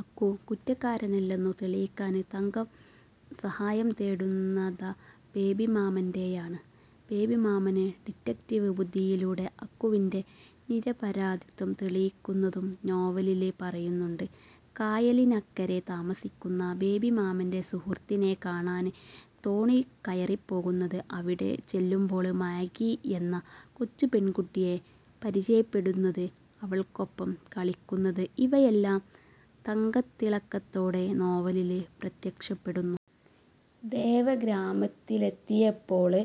അക്കു കുറ്റക്കാരനല്ലെന്നു തെളിയിക്കാന് തങ്കം സഹായം തേടുന്നത ബേബിമാമന്റെയാണ്. ബേബിമാമന് ഡിറ്റക്ടീവ് ബുദ്ധിയിലൂടെ അക്കുവിന്റെ നിരപരാധിത്വം തെളിയിക്കുന്നതും നോവലില് പറയുന്നുണ്ട്. കായലിനക്കരെ താമസിക്കുന്ന ബേബിമാമന്റെ സുഹൃത്തിനെ കാണാന് തോണി കയറിപ്പോകുന്നത്, അവിടെ ചെല്ലുമ്പോള് മാഗി എന്ന കൊച്ചുപെണ്കുട്ടിയെ പരിചയപ്പെടുന്നത് അവള്ക്കൊപ്പം കളിക്കുന്നത് ഇവയെല്ലാം 'തങ്കത്തിളക്കത്തോടെ' നോവലില് പ്രത്യക്ഷപ്പെടുന്നു. ദേവഗ്രാമത്തിലെത്തിയപ്പോള്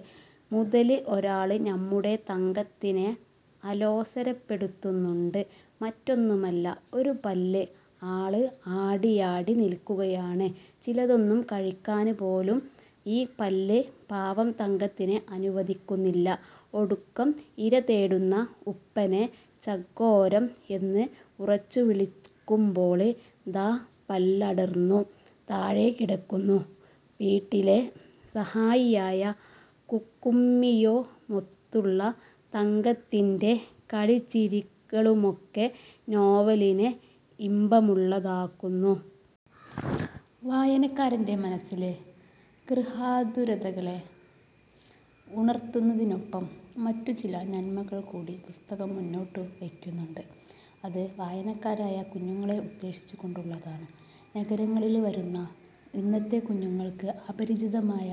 മുതല് ഒരാള് നമ്മുടെ തങ്കത്തിനെ അലോസരപ്പെടുത്തുന്നുണ്ട്. മറ്റൊന്നുമല്ല ഒരു പല്ല്. ആള് ആടിയാടി നില്ക്കുകയാണ്. ചിലതൊന്നും കഴിക്കാന് പോലും ഈ പല്ല് പാവം തങ്കത്തിനെ അനുവദിക്കുന്നില്ല. ഒടുക്കം ഇര തേടുന്ന ഉപ്പനെ ചകോരം എന്ന് ഉറച്ചു വിളിക്കുമ്പോള് ദാ പല്ലടര്ന്നു താഴെക്കിടക്കുന്നു. വീട്ടിലെ സഹായിയായ കുക്കുമ്മിയുമൊത്തുള്ള തങ്കത്തിന്റെ കളിചിരികളുമൊക്കെ നോവലിനെ ഇമ്പമുള്ളതാക്കുന്നു. വായനക്കാരന്റെ മനസ്സിലെ ഗൃഹാതുരതകളെ ഉണര്ത്തുന്നതിനൊപ്പം മറ്റുചില നന്മകള് കൂടി പുസ്തകം മുന്നോട്ടു വയ്ക്കുന്നുണ്ട്. അത് വായനക്കാരായ കുഞ്ഞുങ്ങളെ ഉദ്ദേശിച്ചു കൊണ്ടുള്ളതാണ്. നഗരങ്ങളില് വളരുന്ന ഇന്നത്തെ കുഞ്ഞുങ്ങള്ക്ക് അപരിചിതമായ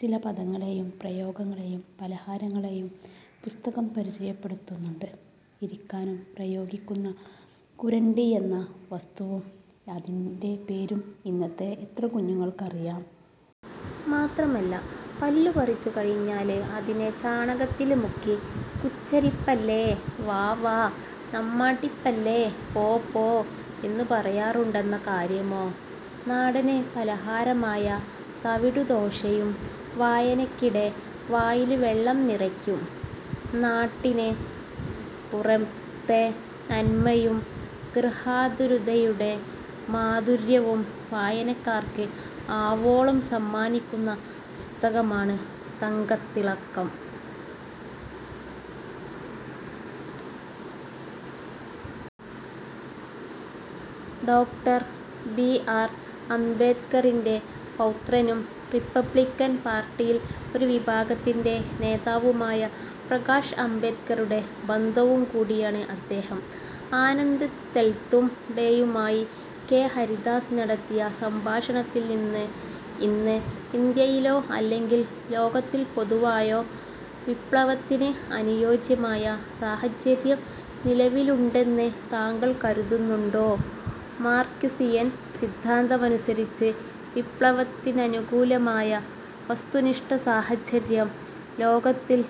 ചില പദങ്ങളെയും പ്രയോഗങ്ങളെയും പലഹാരങ്ങളെയും പുസ്തകം പരിചയപ്പെടുത്തുന്നുണ്ട്. ഇരിക്കാനുപയോഗിക്കുന്ന കുരണ്ടി എന്ന വസ്തുവും അതിന്റെ പേരും ഇന്നത്തെ എത്ര കുഞ്ഞുങ്ങള്ക്കറിയാം. മാത്രമല്ല പല്ലു പറിച്ചു കഴിഞ്ഞാല് അതിനെ ചാണകത്തില് മുക്കി കുച്ചരിപ്പല്ലേ വാ വാ നമ്മാട്ടിപ്പല്ലേ പോ പോ എന്നു പറയാറുണ്ടെന്ന കാര്യമോ. നാടന് പലഹാരമായ തവിടുദോശയും വായനയ്ക്കിടെ വായില് വെള്ളം നിറയ്ക്കും. നാട്ടിന് പുറത്തെ നന്മയും ഗൃഹാതുരതയുടെ മാധുര്യവും വായനക്കാര്ക്ക് ആവോളം സമ്മാനിക്കുന്ന പുസ്തകമാണ് 'തങ്കത്തിളക്കം'. ഡോ. ബി. ആർ. അംബേദ്കറിന്റെ പൗത്രനും റിപ്പബ്ളിക്കൻ പാർട്ടിയിൽ ഒരു വിഭാഗത്തിന്റെ നേതാവുമായ പ്രകാശ് അംബേദ്കറുടെ ബന്ധുവും കൂടിയാണ് അദ്ദേഹം. ആനന്ദ് തെൽതുംഡെയുമായി കെ. ഹരിദാസ് നടത്തിയ സംഭാഷണത്തിൽനിന്ന്:ഇന്ന് ഇന്ത്യയിലോ അല്ലെങ്കിൽ ലോകത്തിൽ പൊതുവായോ വിപ്ളവത്തിന് അനുയോജ്യമായ സാഹചര്യം നിലവിലുണ്ടെന്ന് താങ്കൾ കരുതുന്നുണ്ടോ മാർക്സിയൻ സിദ്ധാന്തമനുസരിച്ച് വിപ്ളവത്തിനനുകൂലമായ വസ്തുനിഷ്ഠസാഹചര്യം ലോകത്തിൽ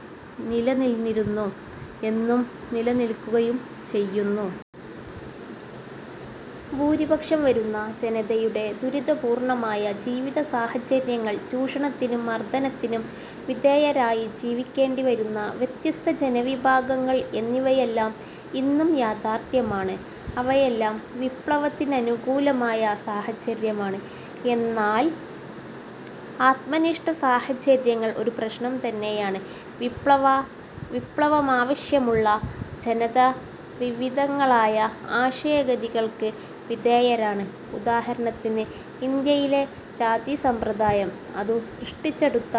നിലനിന്നിരുന്നു, എന്നും നിലനിൽക്കുകയും ചെയ്യുന്നു. ഭൂരിപക്ഷം വരുന്ന ജനതയുടെ ദുരിതപൂർണമായ ജീവിതസാഹചര്യങ്ങൾ, ചൂഷണത്തിനും മർദനത്തിനും വിധേയരായി ജീവിക്കേണ്ടിവരുന്ന വ്യത്യസ്ത ജനവിഭാഗങ്ങൾ എന്നിവയെല്ലാം ഇന്നും യാഥാർഥ്യമാണ്. അവയെല്ലാം വിപ്ളവത്തിനനുകൂലമായ സാഹചര്യമാണ്. എന്നാൽ, ആത്മനിഷ്ഠസാഹചര്യങ്ങൾ ഒരു പ്രശ്നം തന്നെയാണ്. വിപ്ളവമാവശ്യമുള്ള ജനത വിവിധങ്ങളായ ആശയഗതികൾക്ക് വിധേയരാണ്. ഉദാഹരണത്തിന് ഇന്ത്യയിലെ ജാതിസമ്പ്രദായം. അതു സൃഷ്ടിച്ചെടുത്ത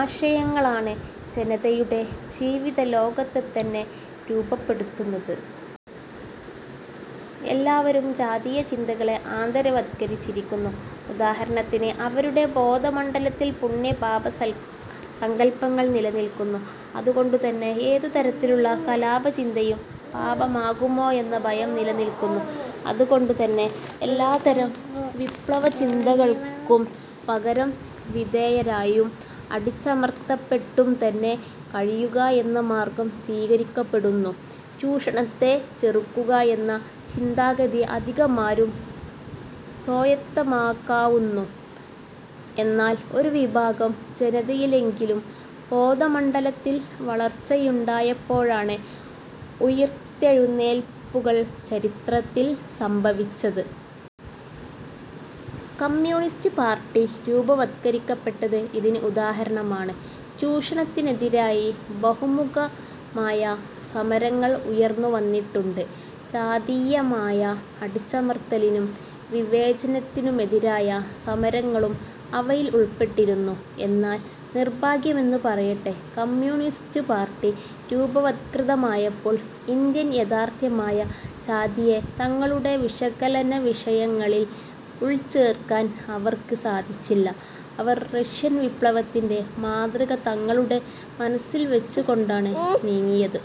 ആശയങ്ങളാണ് ജനതയുടെ ജീവിതലോകത്തെതന്നെ രൂപപ്പെടുത്തുന്നത്. എല്ലാവരും ജാതീയചിന്തകളെ ആന്തരവത്കരിച്ചിരിക്കുന്നു. ഉദാഹരണത്തിന് അവരുടെ ബോധമണ്ഡലത്തിൽ പുണ്യപാപസങ്കല്പങ്ങൾ നിലനിൽക്കുന്നു. അതുകൊണ്ടുതന്നെ ഏതുതരത്തിലുള്ള കലാപചിന്തയും പാപമാകുമോ എന്ന ഭയം നിലനിൽക്കുന്നു. അതുകൊണ്ടുതന്നെ എല്ലാത്തരം വിപ്ളവചിന്തകൾക്കും പകരം വിധേയരായും അടിച്ചമർത്തപ്പെട്ടുംതന്നെ കഴിയുക എന്ന മാർഗം സ്വീകരിക്കപ്പെടുന്നു. ചൂഷണത്തെ ചെറുക്കുക എന്ന ചിന്താഗതി അധികമാരും സ്വായത്തമാക്കാതാവുന്നു. എന്നാൽ, ഒരുവിഭാഗം ജനതയിലെങ്കിലും ബോധമണ്ഡലത്തിൽ വളർച്ചയുണ്ടായപ്പോഴാണ് ഉയിർത്തെഴുന്നേൽപ്പുകൾ ചരിത്രത്തിൽ സംഭവിച്ചത്. കമ്യൂണിസ്റ്റ് പാർട്ടി രൂപവത്കരിക്കപ്പെട്ടത് ഇതിന് ഉദാഹരണമാണ്. ചൂഷണത്തിനെതിരായി ബഹുമുഖമായ സമരങ്ങൾ ഉയർന്നുവന്നിട്ടുണ്ട്. ജാതീയമായ അടിച്ചമർത്തലിനും വിവേചനത്തിനുമെതിരായ സമരങ്ങളും അവയിൽ ഉൾപ്പെട്ടിരുന്നു. എന്നാൽ, നിർഭാഗ്യമെന്നു പറയട്ടെ കമ്യൂണിസ്റ്റ് പാർട്ടി രൂപവത്കൃതമായപ്പോൾ ഇന്ത്യൻ യാഥാർഥ്യമായ ജാതിയെ തങ്ങളുടെ വിശകലനവിഷയങ്ങളിൽ ഉൾച്ചേർക്കാൻ അവർക്ക് സാധിച്ചില്ല. അവർ റഷ്യൻ വിപ്ളവത്തിന്റെ മാതൃക തങ്ങളുടെ മനസ്സിൽവെച്ചുകൊണ്ടാണ് നീങ്ങിയത്.